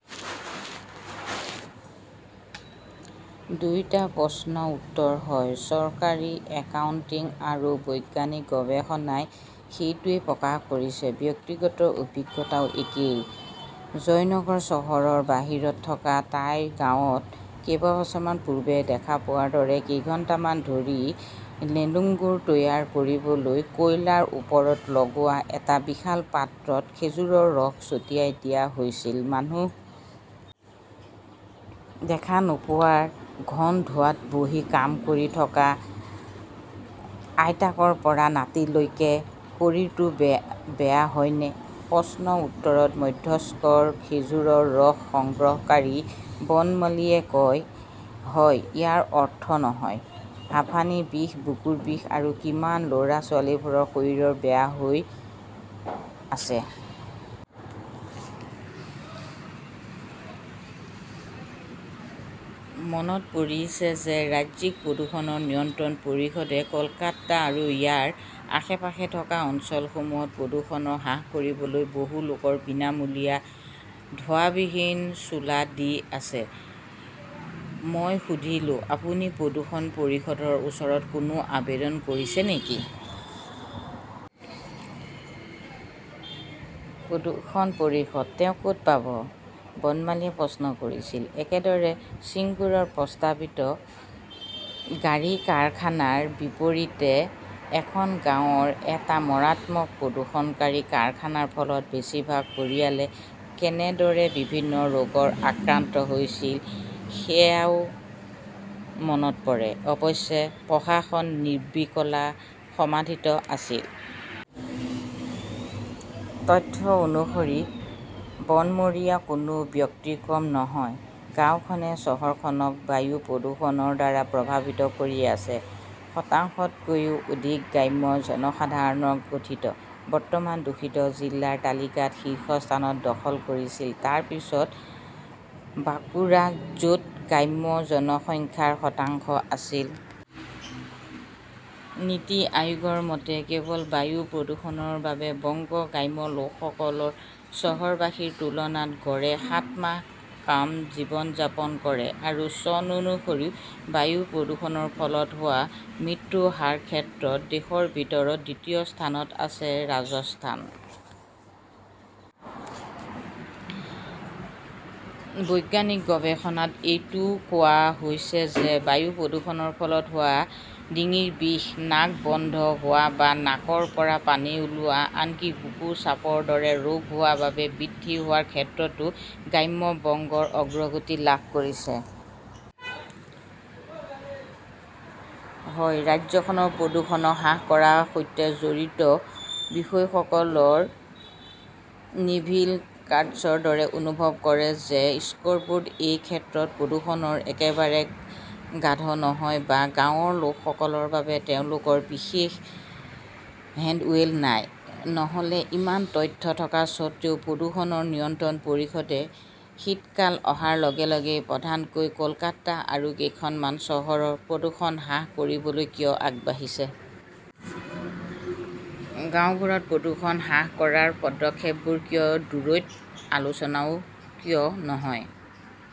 দুয়োটা প্ৰশ্নৰ উত্তৰ, হয়। চৰকাৰী একাউণ্টিং আৰু বৈজ্ঞানিক গৱেষণাই সেইটোৱেই প্ৰকাশ কৰিছে, ব্যক্তিগত অভিজ্ঞতাও একেই। জয়নগৰ চহৰৰ বাহিৰত থকা তাইৰ গাঁৱত কেইবছৰমান পূৰ্বে দেখা পোৱাৰ দৰে কেইঘণ্টামান ধৰি নেলেঙ্গুৰ তৈয়াৰ কৰিবলৈ কয়লাৰ ওপৰত লগোৱা এটা বিশাল পাত্ৰত খেজুৰৰ ৰস ছটিয়াই দিয়া হৈছিল। মানুহ দেখা নোপোৱা ঘন ধোঁৱাত বহি কাম কৰি থকা আইতাকৰ পৰা নাতিনীলৈ। শৰীৰতো বেয়া হয়নে? প্ৰশ্নৰ উত্তৰত মধ্যবয়স্ক খেজুৰ ৰস সংগ্ৰহকাৰী বনমালিয়ে কয়, "হয় ইয়াৰ অৰ্থ নহয়, হাঁপানীৰ বিষ, বুকুৰ বিষ আৰু কিমান। ল'ৰা-ছোৱালীবোৰৰ শৰীৰ বেয়া হৈ আছে।" মনত পৰিছে যে ৰাজ্যিক প্ৰদূষণ নিয়ন্ত্ৰণ পৰিষদে কলকাতা আৰু ইয়াৰ আশে-পাশে থকা অঞ্চলসমূহত প্ৰদূষণ হ্ৰাস কৰিবলৈ বহু লোকক বিনামূলীয়া ধোঁৱাবিহীন চুলা দি আছে। মই সুধিলোঁ, আপুনি প্ৰদূষণ পৰিষদৰ ওচৰত কোনো আবেদন কৰিছে নেকি? প্ৰদূষণ পৰিষদ, তেওঁক ক'ত পাব? বনমালিয়ে প্ৰশ্ন কৰিছিল। একেদৰে সিঙ্গুৰৰ প্ৰস্তাৱিত গাড়ী, কাৰখানাৰ বিপৰীতে এখন গাঁৱত এটা মাৰাত্মক প্ৰদূষণকাৰী কাৰখানাৰ ফলত বেছিভাগ পৰিয়ালে কেনেদৰে বিভিন্ন ৰোগত আক্ৰান্ত হৈছিল সেয়াও মনত পৰে। অৱশ্যে, প্ৰশাসন নিৰ্বীকলা সমাধিত আছিল। তথ্য অনুসৰি বনমৰীয়া কোনো ব্যতিক্ৰম নহয়। গাওঁখনে চহৰখনক বায়ু প্ৰদূষণৰ দ্বাৰা প্ৰভাৱিত কৰি আছে। শতাংশতকৈও অধিক গ্ৰাম্য জনসংখ্যাৰে গঠিত ।বৰ্তমান দূষিত জিলাৰ তালিকাত শীৰ্ষস্থান দখল কৰিছিল। তাৰ পিছত বাঁকুৰা, য 'ত গ্ৰাম্য জনসংখ্যাৰ শতাংশ আছিল। নীতি আয়োগৰ মতে, কেৱল বায়ু প্ৰদূষণৰ বাবে বংগৰ গ্ৰাম্য লোকসকল চহৰবাসীৰ তুলনাত গড়ে সাত মাহ কম জীৱন যাপন কৰে আৰু চন অনুসৰি, বায়ু প্ৰদূষণৰ ফলত হোৱা মৃত্যুৰ হাৰৰ ক্ষেত্ৰত দেশৰ ভিতৰত দ্বিতীয় স্থানত আছে ৰাজস্থান। বৈজ্ঞানিক গৱেষণাত এইটোও কোৱা হৈছে যে, বায়ু প্ৰদূষণৰ ফলত হোৱা ডিঙিৰ বিষ, নাক বন্ধ হোৱা বা নাকৰ পৰা পানী ওলোৱা, আনকি বুকুৰ চাপৰ দৰে ৰোগ হোৱা বা বৃদ্ধি হোৱাৰ ক্ষেত্ৰতো গ্ৰাম্য বংগই অগ্ৰগতি লাভ কৰিছে। হয় ৰাজ্যখনৰ প্ৰদূষণ হ্ৰাস কৰাৰ সৈতে জড়িত বিষয়াসকলে নেভিল কাৰ্ডাছৰ দৰে অনুভৱ কৰে যে-স্কৰবোৰ্ড, এই ক্ষেত্ৰত প্ৰদূষণৰ, একেবাৰে গাধ নহয় বা গাঁৱৰ লোকসকলৰ বাবে তেওঁলোকৰ বিশেষ হেল্ডৱেল নাই। নহ'লে, ইমান তথ্য থকা স্বত্বেও প্ৰদূষণ নিয়ন্ত্ৰণ পৰিষদে শীতকাল অহাৰ লগে লগে প্ৰধানকৈ কলকাতা আৰু কেইখনমান চহৰত প্ৰদূষণ হ্ৰাস কৰিবলৈ কিয় আগবাঢ়িছে? গাওঁবোৰত প্ৰদূষণ হ্ৰাস কৰাৰ পদক্ষেপবোৰ কিয় দূৰৈত, আলোচনাও কিয় নহয়?